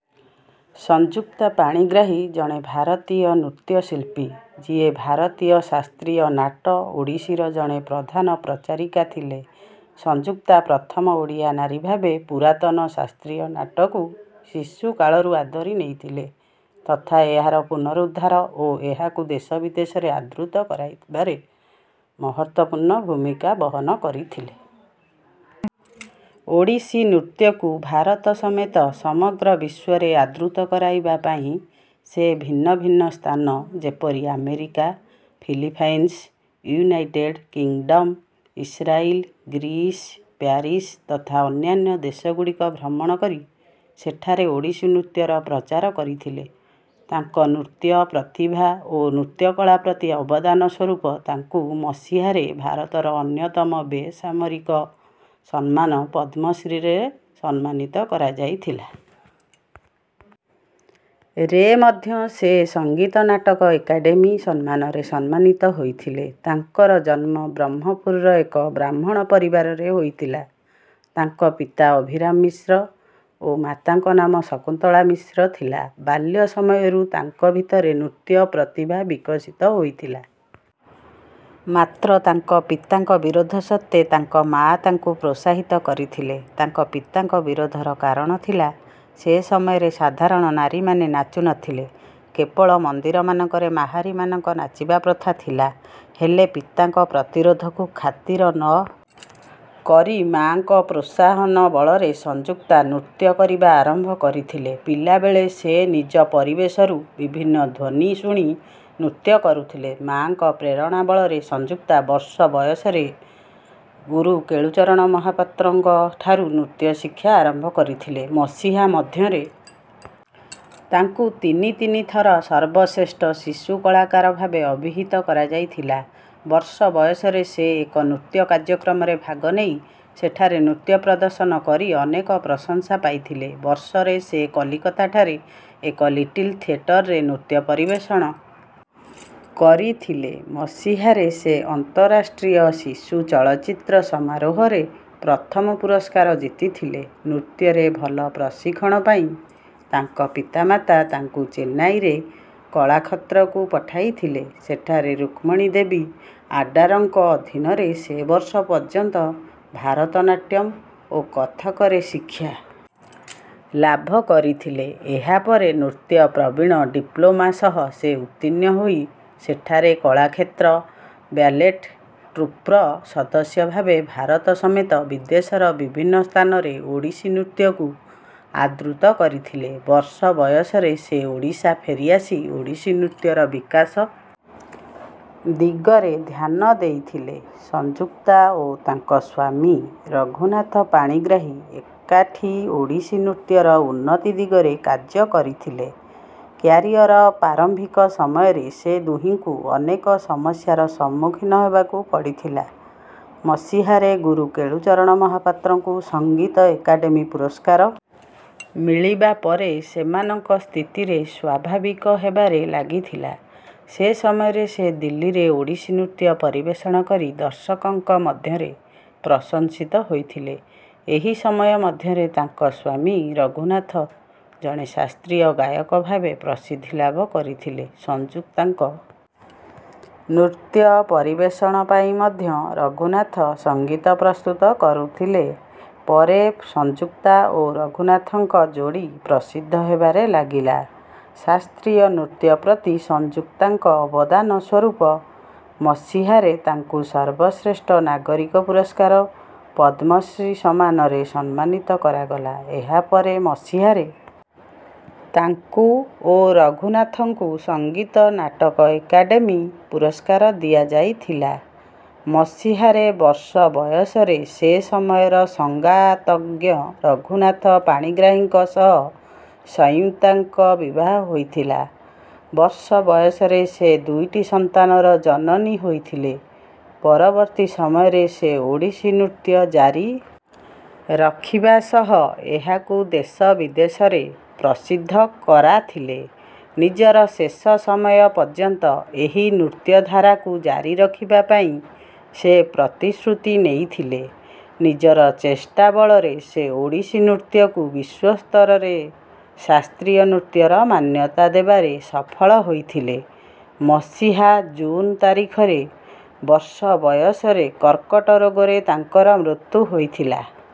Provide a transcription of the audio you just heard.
ସଂଯୁକ୍ତା ପାଣିଗ୍ରାହୀ ଜଣେ ଭାରତୀୟ ନୃତ୍ୟଶିଳ୍ପୀ, ଯିଏ ଭାରତୀୟ ଶାସ୍ତ୍ରୀୟ ନାଟ ଓଡ଼ିଶୀର ଜଣେ ପ୍ରଧାନ ପ୍ରଚାରିକା ଥିଲେ। ସଂଯୁକ୍ତା ପ୍ରଥମ ଓଡ଼ିଆ ନାରୀଭାବେ ପୁରାତନ ଶାସ୍ତ୍ରୀୟ ନାଟକୁ ଶିଶୁକାଳରୁ ଆଦରି ନେଇଥିଲେ ତଥା ଏହାର ପୁନରୁଦ୍ଧାର ଓ ଏହାକୁ ଦେଶବିଦେଶରେ ଆଦୃତ କରାଇବାରେ ମହତ୍ତ୍ୱପୂର୍ଣ୍ଣ ଭୂମିକା ବହନ କରିଥିଲେ। ଓଡ଼ିଶୀ ନୃତ୍ୟକୁ ଭାରତ ସମେତ ସମଗ୍ର ବିଶ୍ୱରେ ଆଦୃତ କରାଇବା ପାଇଁ ସେ ଭିନ୍ନ ଭିନ୍ନ ସ୍ଥାନ ଯେପରି America, Philippines, United Kingdom, Israel, Greece, Paris ତଥା ଅନ୍ୟାନ୍ୟ ଦେଶଗୁଡ଼ିକ ଭ୍ରମଣ କରି ସେଠାରେ ଓଡ଼ିଶୀ ନୃତ୍ୟର ପ୍ରଚାର କରିଥିଲେ ତାଙ୍କ ନୃତ୍ୟ ପ୍ରତିଭା ଓ ନୃତ୍ୟକଳା ପ୍ରତି ଅବଦାନ ସ୍ୱରୁପ ତାଙ୍କୁ ମସିହାରେ ଭାରତର ଅନ୍ୟତମ ବେସାମରିକ ସମ୍ମାନ ପଦ୍ମଶ୍ରୀରେ ସମ୍ମାନିତ କରାଯାଇଥିଲା। ରେ ମଧ୍ୟ ସେ ସଙ୍ଗୀତ ନାଟକ ଏକାଡେମୀ ସମ୍ମାନରେ ସମ୍ମାନିତ ହୋଇଥିଲେ। ତାଙ୍କର ଜନ୍ମ ବ୍ରହ୍ମପୁରର ଏକ ବ୍ରାହ୍ମଣ ପରିବାରରେ ହୋଇଥିଲା। ତାଙ୍କ ପିତା ଅଭିରାମ ମିଶ୍ର ଓ ମାତାଙ୍କ ନାମ ଶକୁନ୍ତଳା ମିଶ୍ର ଥିଲା। ବାଲ୍ୟ ସମୟରୁ ତାଙ୍କ ଭିତରେ ନୃତ୍ୟ ପ୍ରତିଭା ବିକଶିତ ହୋଇଥିଲା। ମାତ୍ର ତାଙ୍କ ପିତାଙ୍କ ବିରୋଧ ସତ୍ତ୍ୱେ ତାଙ୍କ ମା ତାଙ୍କୁ ପ୍ରୋତ୍ସାହିତ କରିଥିଲେ। ତାଙ୍କ ପିତାଙ୍କ ବିରୋଧର କାରଣ ଥିଲା, ସେ ସମୟରେ ସାଧାରଣ ନାରୀମାନେ ନାଚୁ ନଥିଲେ। କେବଳ ମନ୍ଦିରମାନଙ୍କରେ ମାହାରୀ ମାନଙ୍କ ନାଚିବା ପ୍ରଥା ଥିଲା। ହେଲେ ପିତାଙ୍କ ପ୍ରତିରୋଧକୁ ଖାତିର ନ କରି ମା'ଙ୍କ ପ୍ରୋତ୍ସାହନ ବଳରେ ସଂଯୁକ୍ତା ନୃତ୍ୟ କରିବା ଆରମ୍ଭ କରିଥିଲେ ପିଲାବେଳେ ସେ ନିଜ ପରିବେଶରୁ ବିଭିନ୍ନ ଧ୍ୱନୀ ଶୁଣି ନୃତ୍ୟ କରୁଥିଲେ ମା'ଙ୍କ ପ୍ରେରଣା ବଳରେ ସଂଯୁକ୍ତା ବର୍ଷ ବୟସରେ ଗୁରୁ କେଳୁଚରଣ ମହାପାତ୍ରଙ୍କଠାରୁ ନୃତ୍ୟ ଶିକ୍ଷା ଆରମ୍ଭ କରିଥିଲେ ମସିହା ମଧ୍ୟରେ ତାଙ୍କୁ ତିନି ତିନି ଥର ସର୍ବଶ୍ରେଷ୍ଠ ଶିଶୁ କଳାକାର ଭାବେ ଅଭିହୀତ କରାଯାଇଥିଲା ବର୍ଷ ବୟସରେ ସେ ଏକ ନୃତ୍ୟ କାର୍ଯ୍ୟକ୍ରମରେ ଭାଗ ନେଇ ସେଠାରେ ନୃତ୍ୟ ପ୍ରଦର୍ଶନ କରି ଅନେକ ପ୍ରଶଂସା ପାଇଥିଲେ ବର୍ଷରେ ସେ କଲିକତାଠାରେ ଏକ ଲିଟିଲ୍ ଥିଏଟରରେ ନୃତ୍ୟ ପରିବେଷଣ କରିଥିଲେ ମସିହାରେ ସେ ଅନ୍ତରାଷ୍ଟ୍ରୀୟ ଶିଶୁ ଚଳଚ୍ଚିତ୍ର ସମାରୋହରେ ପ୍ରଥମ ପୁରସ୍କାର ଜିତିଥିଲେ ନୃତ୍ୟରେ ଭଲ ପ୍ରଶିଁକ୍ଷଣ ପାଇଁ ତାଙ୍କ ପିତା-ମାତା ତାଙ୍କୁ ଚେନ୍ନାଇରେ କଳାକ୍ଷତ୍ରକୁ ପଠାଇଥିଲେ ସେଠାରେ ରୁକ୍ମଣୀ ଦେବୀ ଆଡ୍ୟାରଙ୍କ ଅଧିନରେ ସେ ବର୍ଷ ପର୍ଯ୍ୟନ୍ତ ଭାରତ ନାଟ୍ୟମ୍ ଓ କଥକରେ ଶିକ୍ଷା ଲାଭ କରିଥିଲେ ଏହାପରେ ନୃତ୍ୟ ପ୍ରବିଣ ଡିପ୍ଲୋମା ସହ ସେ ଉର୍ତ୍ତୀଣ୍ଣ ହୋଇ ସେଠାରେ କଳାକ୍ଷେତ୍ର ବ୍ୟାଲେଟ୍ ଟ୍ରୁପ୍ର ସଦସ୍ୟ ଭାବେ ଭାରତ ସମେତ ବିଦେଶର ବିଭିନ୍ନ ସ୍ଥାନରେ ଓଡ଼ିଶୀ ନୃତ୍ୟକୁ ଆଦୃତ କରିଥିଲେ ବର୍ଷ ବୟସରେ ସେ ଓଡ଼ିଶା ଫେରିଆସି ଓଡ଼ିଶୀ ନୃତ୍ୟର ବିକାଶ ଦିଗରେ ଧ୍ୟାନ ଦେଇଥିଲେ ସଂଯୁକ୍ତା ଓ ତାଙ୍କ ସ୍ୱାମୀ ରଘୁନାଥ ପାଣିଗ୍ରାହୀ ଏକାଠି ଓଡ଼ିଶୀ ନୃତ୍ୟର ଉନ୍ନତି ଦିଗରେ କାର୍ଯ କରିଥିଲେ କ୍ୟାରିଅର୍ର ପ୍ରାରମ୍ଭିକ ସମୟରେ ସେ ଦୁହିଁଙ୍କୁ ଅନେକ ସମସ୍ୟାର ସମ୍ମୁଖୀନ ହେବାକୁ ପଡିଥିଲା ମସିହାରେ ଗୁରୁ କେଳୁଚରଣ ମହାପାତ୍ରଙ୍କୁ ସଂଗୀତ ଏକାଡେମୀ ପୁରସ୍କାର ମିଳିବା ପରେ ସେମାନଙ୍କ ସ୍ଥିତିରେ ସ୍ୱାଭାବିକ ହେବାରେ ଲାଗିଥିଲା ସେ ସମୟରେ ସେ ଦିଲ୍ଲୀରେ ଓଡ଼ିଶୀ ନୃତ୍ୟ ପରିବେଷଣ କରି ଦର୍ଶକଙ୍କ ମଧ୍ୟରେ ପ୍ରଂଶସିତ ହୋଇଥିଲେ ଏହି ସମୟ ମଧ୍ୟରେ ତାଙ୍କ ସ୍ୱାମୀ ରଘୁନାଥ ଜଣେ ଶାସ୍ତ୍ରୀୟ ଗାୟକ ଭାବେ ପ୍ରସିଦ୍ଧି ଲାଭ କରିଥିଲେ ସଂଯୁକ୍ତାଙ୍କ ନୃତ୍ୟ ପରିବେଷଣ ପାଇଁ ମଧ୍ୟ ରଘୁନାଥ ସଙ୍ଗୀତ ପ୍ରସ୍ତୁତ କରୁଥିଲେ ପରେ ସଂଯୁକ୍ତା ଓ ରଘୁନାଥଙ୍କ ଯୋଡି ପ୍ରସିଦ୍ଧ ହେବାରେ ଲାଗିଲା ଶାସ୍ତ୍ରୀୟ ନୃତ୍ୟ ପ୍ରତି ସଂଯୁକ୍ତାଙ୍କ ଅବଦାନ ସ୍ୱରୂପ ମସିହାରେ ତାଙ୍କୁ ସର୍ବଶ୍ରେଷ୍ଠ ନାଗରିକ ପୁରସ୍କାର, ପଦ୍ମଶ୍ରୀ ସମ୍ମାନରେ ସମ୍ମାନିତ କରାଗଲା ଏହାପରେ ମସିହାରେ ତାଙ୍କୁ ଓ ରଘୁନାଥଙ୍କୁ ସଙ୍ଗୀତ ନାଟକ ଏକାଡେମୀ ପୁରସ୍କାର ଦିଆଯାଇଥିଲା ମସିହାରେ ବର୍ଷ ବୟସରେ ସେ ସମୟର ସଙ୍ଗାତଜ୍ଞ ରଘୁନାଥ ପାଣିଗ୍ରାହୀଙ୍କ ସହ ସଂୟୁକ୍ତାଙ୍କ ବିବାହ ହୋଇଥିଲା ବର୍ଷ ବୟସରେ ସେ ଦୁଇଟି ସନ୍ତାନର ଜନନୀ ହୋଇଥିଲେ ପରବର୍ତ୍ତୀ ସମୟରେ ସେ ଓଡ଼ିଶୀ ନୃତ୍ୟ ଜାରି ରଖିବା ସହ ଏହାକୁ ଦେଶ ବିଦେଶରେ ପ୍ରସିଦ୍ଧ କରାଥିଲେ ନିଜର ଶେଷ ସମୟ ପର୍ଯ୍ୟନ୍ତ ଏହି ନୃତ୍ୟଧାରାକୁ ଜାରି ରଖିବା ପାଇଁ ସେ ପ୍ରତିଶ୍ରୁତି ନେଇଥିଲେ ନିଜର ଚେଷ୍ଟା ବଳରେ ସେ ଓଡ଼ିଶୀ ନୃତ୍ୟକୁ ବିଶ୍ୱସ୍ତରରେ ଶାସ୍ତ୍ରୀୟ ନୃତ୍ୟର ମାନ୍ୟତା ଦେବାରେ ସଫଳ ହୋଇଥିଲେ ମସିହା ଜୁନ୍ ତାରିଖରେ ବର୍ଷ ବୟସରେ କର୍କଟ ରୋଗରେ ତାଙ୍କର ମୃତ୍ୟୁ ହୋଇଥିଲା।